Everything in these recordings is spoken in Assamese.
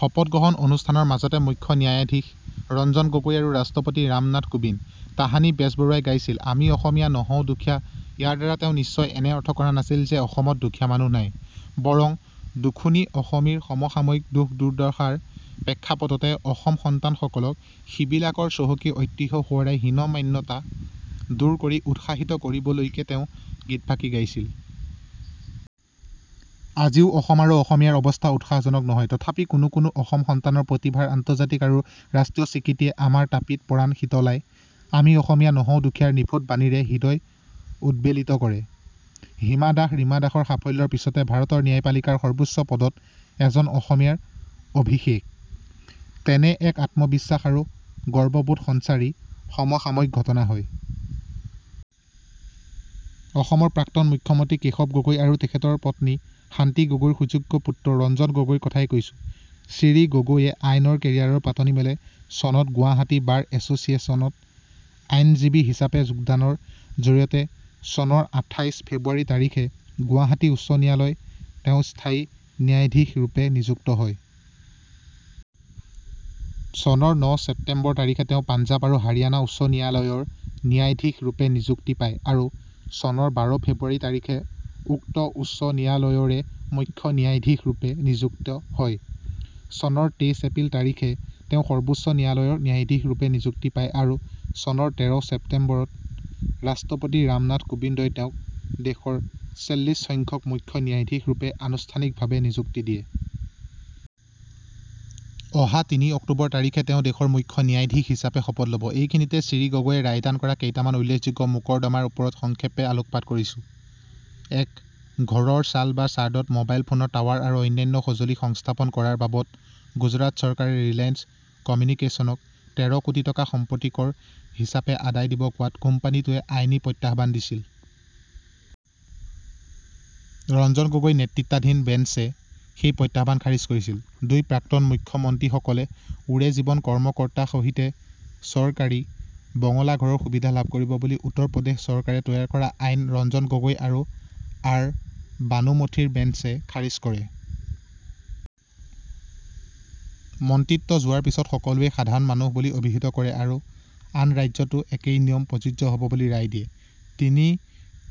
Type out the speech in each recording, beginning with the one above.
শপত গ্ৰহণ অনুষ্ঠানৰ মাজতে মুখ্য ন্যায়াধীশ ৰঞ্জন গগৈ আৰু ৰাষ্ট্ৰপতি ৰামনাথ কোবিন্দ। তাহানি বেজবৰুৱাই গাইছিল "আমি অসমীয়া নহওঁ দুখীয়া" ইয়াৰ দ্বাৰা তেওঁ নিশ্চয় এনে অৰ্থ কৰা নাছিল যে অসমত দুখীয়া মানুহ নাই, বৰং দুখুনী অসমীৰ সমসাময়িক দুখদুৰ্দশাৰ প্ৰেক্ষাপটতে অসম সন্তানসকলক সিবিলাকৰ চহকী ঐতিহ্য সোঁৱৰাই হীনমন্যতা দূৰ কৰি উৎসাহিত কৰিবলৈকে তেওঁ গীতফাকি গাইছিল।‌ আজিও অসম আৰু অসমীয়াৰ অৱস্থা উৎসাহজনক নহয় তথাপি কোনো কোনো অসমসন্তানৰ প্ৰতিভাৰ আন্তৰ্জাতিক আৰু ৰাষ্ট্ৰীয় স্বীকৃতিয়ে আমাৰ তাপিত পৰাণ শীতলাই। আমি অসমীয়া নহওঁ দুখীয়াৰ নিফুট বাণীৰে হৃদয় উদ্বেলিত কৰে। হিমা দাস, ৰীমা দাসৰ সাফল্যৰ পিছতে ভাৰতৰ ন্যায়পালিকাৰ সৰ্বোচ্চ পদত এজন অসমীয়াৰ অভিষেক, তেনে এক আত্মবিশ্বাস আৰু গৰ্ববোধ সঞ্চাৰী সমসাময়িক ঘটনা হয় ।‌ অসমৰ প্ৰাক্তন মুখ্য মন্ত্ৰী কেশৱ গগৈ আৰু তেখেতৰ পত্নী শান্তি গগৈৰ সুযোগ্য পুত্ৰ ৰঞ্জন গগৈৰ কথাই কৈছোঁ। শ্ৰী গগৈয়ে আইনৰ কেৰিয়াৰৰ পাতনি মেলে চনত গুৱাহাটী বাৰ এছচিয়েশ্যনত আইনজীৱী হিচাপে যোগদানৰ জৰিয়তে চনৰ আঠাইশ ফেব্ৰুৱাৰি তাৰিখে গুৱাহাটী উচ্চ ন্যায়ালত তেওঁ স্থায়ী ন্যায়াধীশৰূপে নিযুক্ত হয়। চনৰ ন ছেপ্তেম্বৰ তাৰিখে তেওঁ পাঞ্জাব আৰু হাৰিয়ানা উচ্চ ন্যায়ালয়ৰ ন্যায়াধীশৰূপে নিযুক্তি পায় আৰু চনৰ বাৰ ফেব্ৰুৱাৰি তাৰিখে উক্ত উচ্চ ন্যায়ালয়ৰে মুখ্য ন্যায়াধীশৰূপে নিযুক্ত হয়। চনৰ তেইছ এপ্ৰিল তাৰিখে তেওঁ সৰ্বোচ্চ ন্যায়ালয়ৰ ন্যায়াধীশৰূপে নিযুক্তি পায় আৰু চনৰ তেৰ ছেপ্তেম্বৰত ৰাষ্ট্ৰপতি ৰামনাথ কোবিন্দই তেওঁক দেশৰ ছেল্লিছ সংখ্যক মুখ্য ন্যায়াধীশৰূপে আনুষ্ঠানিকভাৱে নিযুক্তি দিয়ে। অহা তিনি অক্টোবৰ তাৰিখে তেওঁ দেশৰ মুখ্য ন্যায়াধীশ হিচাপে শপত ল'ব। এইখিনিতে শ্ৰী গগৈয়ে ৰায়দান কৰা কেইটামান উল্লেখযোগ্য মোকৰ্দমাৰ ওপৰত সংক্ষেপে আলোকপাত কৰিছো। এক - ঘৰৰ চাল বা ছাদত মবাইল ফোনৰ টাৱাৰ আৰু অন্যান্য সঁজুলি সংস্থাপন কৰাৰ বাবদ গুজৰাট চৰকাৰে ৰিলায়েন্স কম্যুনিকেইশ্যনক তেৰ কোটি টকা সম্পত্তি কৰ হিচাপে আদায় দিব কোৱাত কোম্পানিটোৱে আইনী প্ৰত্যাহ্বান দিছিল । ৰঞ্জন গগৈ নেতৃত্বাধীন বেন্সে সেই প্ৰত্যাহ্বান খাৰিজ কৰিছিল। দুই- প্ৰাক্তন মুখ্য মন্ত্ৰীসকলে ওৰে জীৱন কৰ্মকৰ্তা সহিতে চৰকাৰী বঙলা ঘৰৰ সুবিধা লাভ কৰিব বুলি উত্তৰ প্ৰদেশ চৰকাৰে তৈয়াৰ কৰা আইন ৰঞ্জন গগৈ আৰু আৰ্ বানুমথীৰ বেন্সে খাৰিজ কৰে। মন্ত্ৰীত্ব যোৱাৰ পিছত সকলোৱেই সাধাৰণ মানুহ বুলি অভিহিত কৰে আৰু আন ৰাজ্যতো একেই নিয়ম প্ৰযোজ্য হব বুলি ৰায় দিয়ে।‌ তিনি-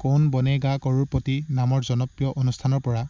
কৌন বনেগা কৰোড়পতি নামৰ জনপ্ৰিয় অনুষ্ঠানৰ পৰা